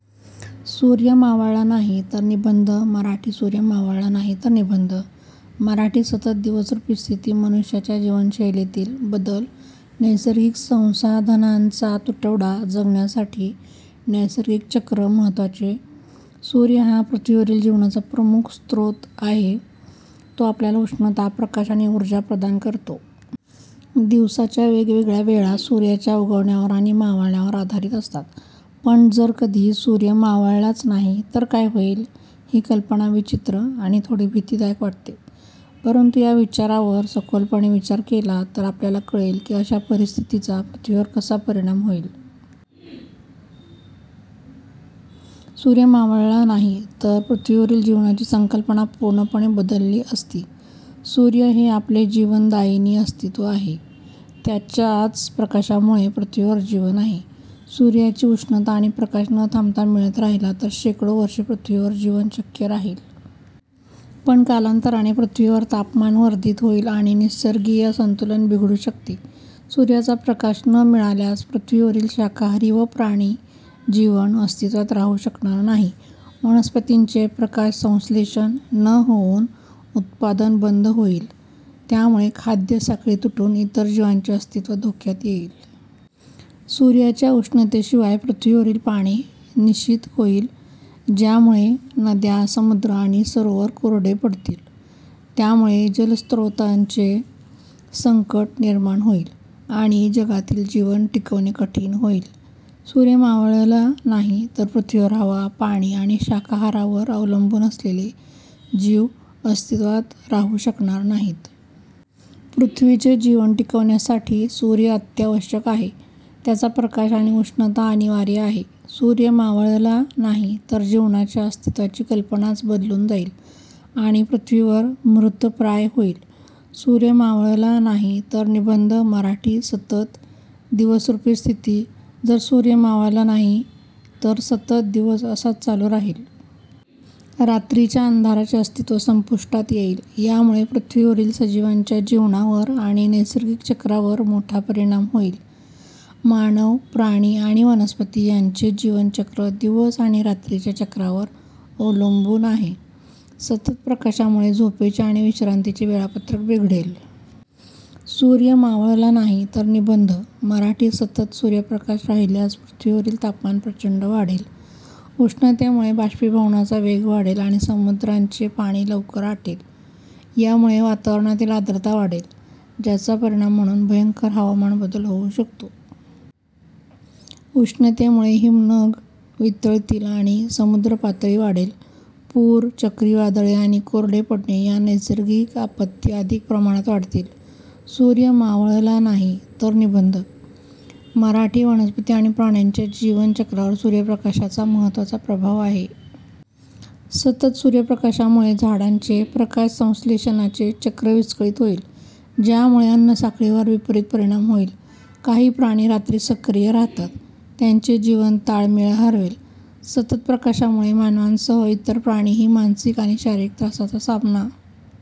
सूर्य मावळला नाही तर निबंध मराठी सूर्य मावळला नाही तर निबंध मराठी सतत दिवसरूपी स्थिती मनुष्याच्या जीवनशैलीतील बदल नैसर्गिक संसाधनांचा तुटवडा जगण्यासाठी नैसर्गिक चक्र महत्त्वाचे सूर्य हा पृथ्वीवरील जीवनाचा प्रमुख स्रोत आहे. तो आपल्याला उष्णता, प्रकाश आणि ऊर्जा प्रदान करतो. दिवसाच्या वेगवेगळ्या वेळा सूर्याच्या उगवण्यावर आणि मावळण्यावर आधारित असतात. पण जर कधी सूर्य मावळलाच नाही, तर काय होईल? ही कल्पना विचित्र आणि थोडी भीतीदायक वाटते. परंतु या विचारावर सखोलपणे विचार केला तर आपल्याला कळेल की अशा परिस्थितीचा पृथ्वीवर कसा परिणाम होईल. सूर्य मावळला नाही तर पृथ्वीवरील जीवनाची संकल्पना पूर्णपणे बदलली असती. सूर्य हे आपले जीवनदायिनी अस्तित्व आहे. त्याच्याच प्रकाशामुळे पृथ्वीवर जीवन आहे. सूर्याची उष्णता आणि प्रकाश न थांबता मिळत राहिला तर शेकडो वर्षे पृथ्वीवर जीवन शक्य राहील. पण कालांतराने पृथ्वीवर तापमान वर्धित होईल आणि निसर्गीय संतुलन बिघडू शकते. सूर्याचा प्रकाश न मिळाल्यास पृथ्वीवरील शाकाहारी व प्राणी जीवन अस्तित्वात राहू शकणार नाही. वनस्पतींचे प्रकाशसंश्लेषण न होऊन उत्पादन बंद होईल. त्यामुळे खाद्य साखळी तुटून इतर जीवांचे अस्तित्व धोक्यात येईल. सूर्याच्या उष्णतेशिवाय पृथ्वीवरील पाणी निःशीत होईल, ज्यामुळे नद्या, समुद्र आणि सरोवर कोरडे पडतील. त्यामुळे जलस्रोतांचे संकट निर्माण होईल, आणि जगातील जीवन टिकवणे कठीण होईल. सूर्य मावळला नाही तर पृथ्वीवर हवा, पाणी आणि शाकाहारावर अवलंबून असलेले जीव अस्तित्वात राहू शकणार नाहीत. पृथ्वीचे जीवन टिकवण्यासाठी सूर्य अत्यावश्यक आहे. त्याचा प्रकाश आणि उष्णता अनिवार्य आहे. सूर्य मावळला नाही तर जीवनाच्या अस्तित्वाची कल्पनाच बदलून जाईल आणि पृथ्वीवर मृतप्राय होईल. सूर्य मावळला नाही तर निबंध मराठी सतत दिवसरूपी स्थिती जर सूर्य मावळला नाही, तर सतत दिवस असाच चालू राहील. रात्रीच्या अंधाराचे अस्तित्व संपुष्टात येईल. यामुळे पृथ्वीवरील सजीवांच्या जीवनावर आणि नैसर्गिक चक्रावर मोठा परिणाम होईल. मानव, प्राणी आणि वनस्पती यांचे जीवन चक्र दिवस आणि रात्रीच्या चक्रावर अवलंबून आहे. सतत प्रकाशामुळे झोपेचे आणि विश्रांतीचे वेळापत्रक बिघडेल. सूर्य मावळला नाही तर निबंध मराठी सतत सूर्यप्रकाश राहिल्यास पृथ्वीवरील तापमान प्रचंड वाढेल. उष्णतेमुळे बाष्पीभवनाचा वेग वाढेल आणि समुद्रांचे पाणी लवकर आटेल. यामुळे वातावरणातील आर्द्रता वाढेल, ज्याचा परिणाम म्हणून भयंकर हवामान बदल होऊ शकतो. उष्णतेमुळे हिमनग वितळतील आणि समुद्र पातळी वाढेल. पूर, चक्रीवादळे आणि कोरडे पडणे या नैसर्गिक आपत्ती अधिक प्रमाणात वाढतील. सूर्य मावळला नाही तर निबंध मराठी वनस्पती आणि प्राण्यांच्या जीवन चक्रावर सूर्यप्रकाशाचा महत्त्वाचा प्रभाव आहे. सतत सूर्यप्रकाशामुळे झाडांचे प्रकाशसंश्लेषणाचे चक्र विस्कळीत होईल, ज्यामुळे अन्नसाखळीवर विपरीत परिणाम होईल. काही प्राणी रात्री सक्रिय राहतात, त्यांचे जीवन ताळमेळ हरवेल. सतत प्रकाशामुळे मानवांसह इतर प्राणीही मानसिक आणि शारीरिक त्रासाचा सामना